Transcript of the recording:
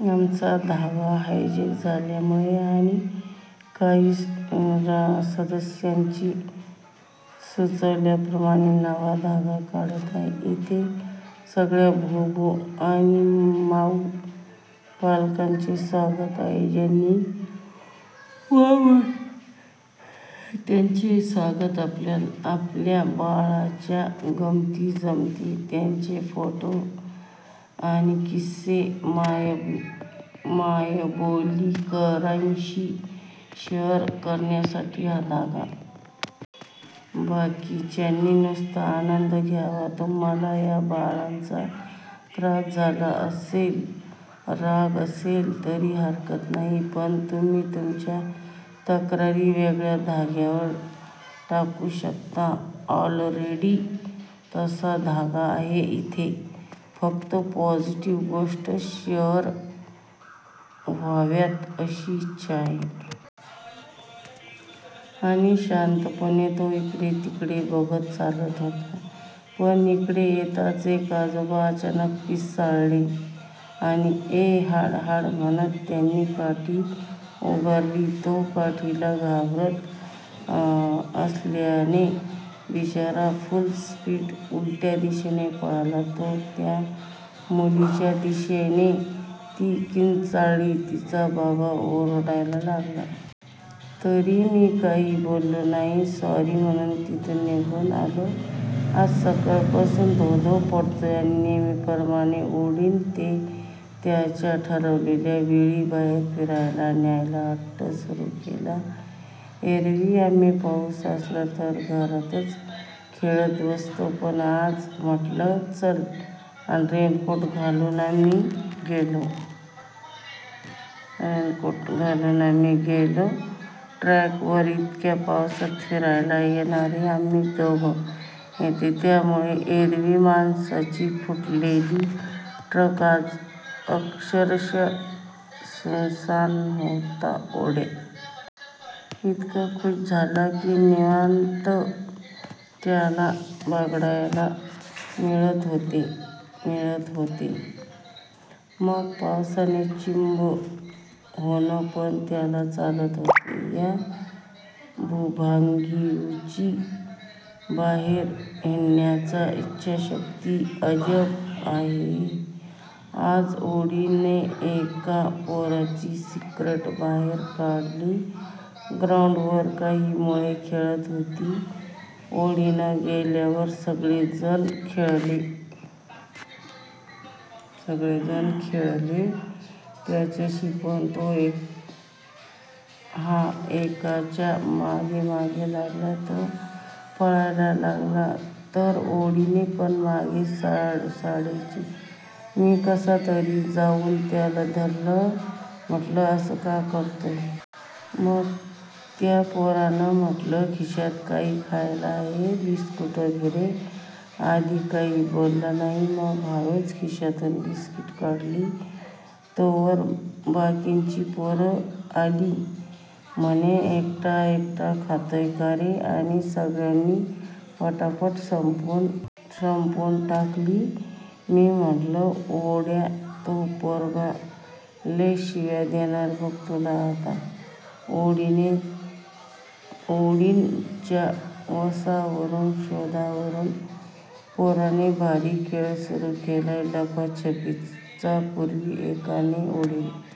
अमांचा धागा हायजॅक झाल्यामुळे आणि काही सदस्यांनी सुचवल्याप्रमाणे नवा धागा काढत आहे. इथे सगळ्या भूभू आणि माऊ पालकांचे स्वागत आहे. ज्यांना व्हावं वाटतय त्यांचेही स्वागत आपल्या बाळांच्या गमंती जमती, त्यांचे फोटो आणि किस्से मायबोलीकरांशी शेअर करण्यासाठी हा धागा. बाकीच्यांनी नुसता आनंद घ्यावा. तुम्हाला या बाळांचा त्रास झाला असेल, राग असेल तरी हरकत नाही. पण तुम्ही तुमच्या तक्रारी वेगळ्या धाग्यावर टाकू शकता. ऑलरेडी तसा धागा आहे. इथे फक्त पॉझीटीव्ह गोष्टीच शेअर व्हाव्यात अशी इच्छा आहे. आणि शांतपणे तो इकडे तिकडे बघत चालत होता पण इकडे येताच एक आजोबा अचानक पिसाळले आणि ए हाड हाड म्हणत त्यांनी काठी उगारली तो काठीला घाबरत असल्याने बिचारा फुल स्पीडणे उलट्या दिशेला पळाला तो त्या मुलीच्या दिशेने ती किंचाळली तिचा बाबा ओरडायला लागला. तरी मी काही बोललो नाही सॉरी म्हणून तिथून निघून आलो आज सकाळपासून धोधो पडतोय आणि नेहमीप्रमाणे ओडीन ने त्याच्या ठरलेल्या वेळी बाहेर फिरायला न्यायचा हट्ट सुरू केला एरवी आम्ही पाऊस असला तर घरातच खेळतबसतो पण आज म्हणलं चल आणि रेनकोट घालून आम्ही गेलो ट्रॅक वर इतक्या पावसात फिरायला येणारे आम्हीच दोघे येडे तयामुळे एरवी माणसांनी फुललेला ट्रॅक आज अक्षरशः सुनसान होता.ओड्या इतका खुष झाला की निवांत त्याला बागडायला मिळत होत. मग पावसाने चिंब होणं पण त्याला चालत होत या भूभाऊंची बाहेर हिंडण्याची इच्छाशक्ती अजब आहे. आज ओडीन ने एका पोराचा सिक्रेट बाहेर काढलं ग्राउंड वर काही मुलं खेळत होती, ओडीन गेल्यावर सगळे जण खेळले त्याच्याशी पण हा एकाच्या मागेमागे लागला, तो पळायला लागला तर ओडिन पण मागे, सोडेच ना मी कसातरी जाऊन त्याला धरलं म्हणलं असं का करतोय?? मग त्या पोराला म्हणलं खिशात काही खायला आहे बिस्कीट वगैर आधी काही बोलला नाही मग हळूच खिशातून बिस्किटे काढली तोवर बाकीची पोरं आली म्हणे एकटा एकटा खातोय का रे आणि सगळ्यानी पटापट संपवून टाकली मी म्हणलं, ओड्या तो पोरगा लै शिव्या देणार बघ तूला आता ओडीन च्या वासावरून शोधण्यावरून पोराने भारी खेळ सुरू केलाय, लपाछपी चा पूर्वी एकाने ओडीन--